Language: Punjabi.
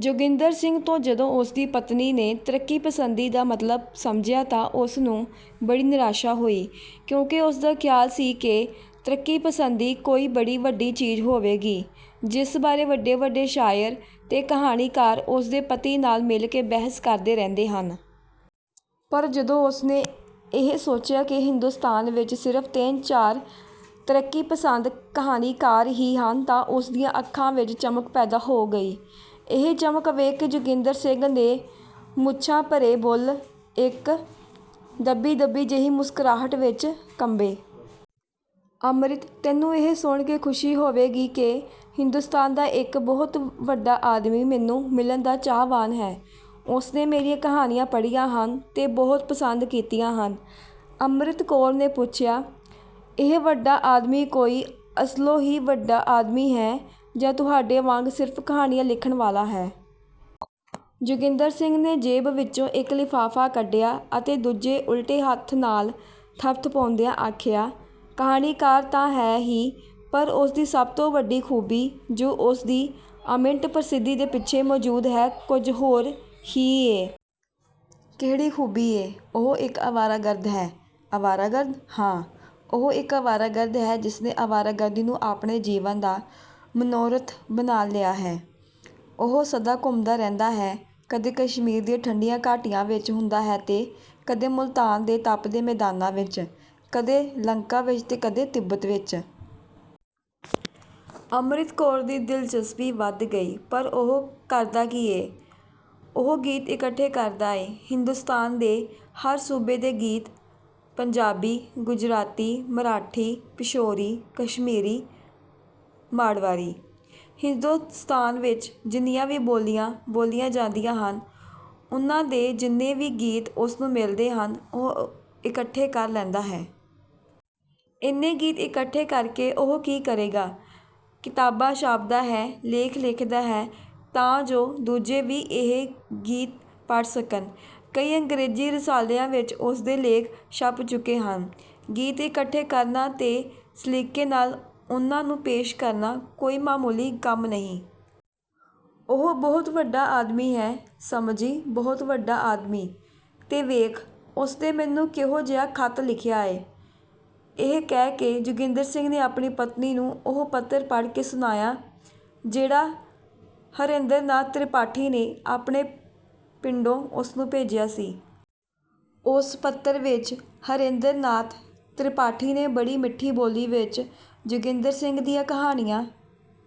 ਜੋਗਿੰਦਰ ਸਿੰਘ ਤੋਂ ਜਦੋਂ ਉਸਦੀ ਪਤਨੀ ਨੇ ਤਰੱਕੀਪਸੰਦੀ ਦਾ ਮਤਲਬ ਸਮਝਿਆ ਤਾਂ ਉਸਨੂੰ ਬੜੀ ਨਿਰਾਸ਼ਾ ਹੋਈ ਕਿਉਂਕਿ ਉਸਦਾ ਖ਼ਿਆਲ ਸੀ ਕਿ ਤਰੱਕੀਪਸੰਦੀ ਕੋਈ ਬੜੀ ਵੱਡੀ ਚੀਜ਼ ਹੋਵੇਗੀ ਜਿਸ ਬਾਰੇ ਵੱਡੇ-ਵੱਡੇ ਸ਼ਾਇਰ ਤੇ ਕਹਾਣੀਕਾਰ ਉਸਦੇ ਪਤੀ ਨਾਲ ਮਿਲ ਕੇ ਬਹਿਸ ਕਰਦੇ ਰਹਿੰਦੇ ਹਨ। ਪਰ ਜਦੋਂ ਉਸਨੇ ਇਹ ਸੋਚਿਆ ਕਿ ਹਿੰਦੋਸਤਾਨ ਵਿੱਚ ਸਿਰਫ਼ ਤਿੰਨ-ਚਾਰ ਤਰੱਕੀਪਸੰਦ ਕਹਾਣੀਕਾਰ ਹੀ ਹਨ ਤਾਂ ਉਸਦੀਆਂ ਅੱਖਾਂ ਵਿੱਚ ਚਮਕ ਪੈਦਾ ਹੋ ਗਈ। ਇਹ ਚਮਕ ਵੇਖ ਕੇ ਜੋਗਿੰਦਰ ਸਿੰਘ ਦੇ ਮੁੱਛਾਂ-ਭਰੇ ਬੁੱਲ੍ਹ ਇੱਕ ਦੱਬੀ-ਦੱਬੀ ਜਿਹੀ ਮੁਸਕਰਾਹਟ ਵਿੱਚ ਕੰਬੇ। ਅੰਮ੍ਰਿਤ, ਤੈਨੂੰ ਇਹ ਸੁਣ ਕੇ ਖੁਸ਼ੀ ਹੋਵੇਗੀ ਕਿ ਹਿੰਦੋਸਤਾਨ ਦਾ ਇੱਕ ਬਹੁਤ ਵੱਡਾ ਆਦਮੀ ਮੈਨੂੰ ਮਿਲਣ ਦਾ ਚਾਹਵਾਨ ਹੈ। ਉਸਨੇ ਮੇਰੀਆਂ ਕਹਾਣੀਆਂ ਪੜ੍ਹੀਆਂ ਹਨ ਤੇ ਬਹੁਤ ਪਸੰਦ ਕੀਤੀਆਂ ਹਨ। ਅੰਮ੍ਰਿਤ ਕੌਰ ਨੇ ਪੁੱਛਿਆ, ਇਹ ਵੱਡਾ ਆਦਮੀ ਕੋਈ ਅਸਲੋਂ ਹੀ ਵੱਡਾ ਆਦਮੀ ਹੈ ਜਾਂ ਤੁਹਾਡੇ ਵਾਂਗ ਸਿਰਫ਼ ਕਹਾਣੀਆਂ ਲਿਖਣ ਵਾਲਾ ਹੈ? ਜੋਗਿੰਦਰ ਸਿੰਘ ਨੇ ਜੇਬ ਵਿੱਚੋਂ ਇੱਕ ਲਿਫ਼ਾਫ਼ਾ ਕੱਢਿਆ ਅਤੇ ਦੂਜੇ ਉਲਟੇ ਹੱਥ ਨਾਲ ਥਪਥਪਾਉਂਦਿਆਂ ਆਖਿਆ, ਕਹਾਣੀਕਾਰ ਤਾਂ ਹੈ ਹੀ ਪਰ ਉਸਦੀ ਸਭ ਤੋਂ ਵੱਡੀ ਖੂਬੀ ਜੋ ਉਸਦੀ ਅਮਿੱਟ ਪ੍ਰਸਿੱਧੀ ਦੇ ਪਿੱਛੇ ਮੌਜੂਦ ਹੈ ਕੁਝ ਹੋਰ ਹੀ ਏ। ਕਿਹੜੀ ਖੂਬੀ ਏ? ਉਹ ਇੱਕ ਅਵਾਰਾਗਰਦ ਹੈ। ਅਵਾਰਾਗਰਦ? ਹਾਂ, ਉਹ ਇੱਕ ਅਵਾਰਾਗਰਦ ਹੈ ਜਿਸਨੇ ਅਵਾਰਾਗਰਦੀ ਨੂੰ ਆਪਣੇ ਜੀਵਨ ਦਾ ਮਨੋਰਥ ਬਣਾ ਲਿਆ ਹੈ। ਉਹ ਸਦਾ ਘੁੰਮਦਾ ਰਹਿੰਦਾ ਹੈ, ਕਦੇ ਕਸ਼ਮੀਰ ਦੀਆਂ ਠੰਡੀਆਂ ਘਾਟੀਆਂ ਵਿੱਚ ਹੁੰਦਾ ਹੈ ਤੇ ਕਦੇ ਮੁਲਤਾਨ ਦੇ ਤਪਦੇ ਮੈਦਾਨਾਂ ਵਿੱਚ, ਕਦੇ ਲੰਕਾ ਵਿੱਚ ਤੇ ਕਦੇ ਤਿੱਬਤ ਵਿੱਚ। ਅੰਮ੍ਰਿਤ ਕੌਰ ਦੀ ਦਿਲਚਸਪੀ ਵਧ ਗਈ। ਪਰ ਉਹ ਕਰਦਾ ਕੀ ਏ? ਉਹ ਗੀਤ ਇਕੱਠੇ ਕਰਦਾ ਏ। ਹਿੰਦੋਸਤਾਨ ਦੇ ਹਰ ਸੂਬੇ ਦੇ ਗੀਤ, ਪੰਜਾਬੀ, ਗੁਜਰਾਤੀ, ਮਰਾਠੀ, ਪਿਸ਼ੌਰੀ, ਕਸ਼ਮੀਰੀ, ਮਾਰਵਾੜੀ। ਹਿੰਦੋਸਤਾਨ ਵਿੱਚ ਜਿੰਨੀਆਂ ਵੀ ਬੋਲੀਆਂ ਬੋਲੀਆਂ ਜਾਂਦੀਆਂ ਹਨ ਉਨ੍ਹਾਂ ਦੇ ਜਿੰਨੇ ਵੀ ਗੀਤ ਉਸਨੂੰ ਮਿਲਦੇ ਹਨ ਉਹ ਇਕੱਠੇ ਕਰ ਲੈਂਦਾ ਹੈ। ਇੰਨੇ ਗੀਤ ਇਕੱਠੇ ਕਰਕੇ ਉਹ ਕੀ ਕਰੇਗਾ? ਕਿਤਾਬਾਂ ਛਾਪਦਾ ਹੈ, ਲੇਖ ਲਿਖਦਾ ਹੈ ਤਾਂ ਜੋ ਦੂਜੇ ਵੀ ਇਹ ਗੀਤ ਪੜ੍ਹ ਸਕਣ। ਕਈ ਅੰਗ੍ਰੇਜ਼ੀ ਰਸਾਲਿਆਂ ਵਿੱਚ ਉਸਦੇ ਲੇਖ ਛਪ ਚੁੱਕੇ ਹਨ। ਗੀਤ ਇਕੱਠੇ ਕਰਨਾ ਤੇ ਸਲੀਕੇ ਨਾਲ ਉਨ੍ਹਾਂ ਨੂੰ ਪੇਸ਼ ਕਰਨਾ ਕੋਈ ਮਾਮੂਲੀ ਕੰਮ ਨਹੀਂ। ਉਹ ਬਹੁਤ ਵੱਡਾ ਆਦਮੀ ਹੈ, ਸਮਝੀ, ਬਹੁਤ ਵੱਡਾ ਆਦਮੀ! ਤੇ ਵੇਖ, ਉਸਨੇ ਮੈਨੂੰ ਕਿਹੋ ਜਿਹਾ ਖ਼ਤ ਲਿਖਿਆ ਏ। ਇਹ ਕਹਿ ਕੇ, ਜੋਗਿੰਦਰ ਸਿੰਘ ਨੇ ਆਪਣੀ ਪਤਨੀ ਨੂੰ ਉਹ ਪੱਤਰ ਪੜ੍ਹ ਕੇ ਸੁਣਾਇਆ ਜਿਹੜਾ ਹਰੇਂਦਰ ਨਾਥ ਤ੍ਰਿਪਾਠੀ ਨੇ ਆਪਣੇ ਪਿੰਡੋਂ ਉਸਨੂੰ ਭੇਜਿਆ ਸੀ। ਉਸ ਪੱਤਰ ਵਿੱਚ ਹਰੇਂਦਰ ਨਾਥ ਤ੍ਰਿਪਾਠੀ ਨੇ ਬੜੀ ਮਿੱਠੀ ਬੋਲੀ ਵਿੱਚ ਜੋਗਿੰਦਰ ਸਿੰਘ ਦੀਆਂ ਕਹਾਣੀਆਂ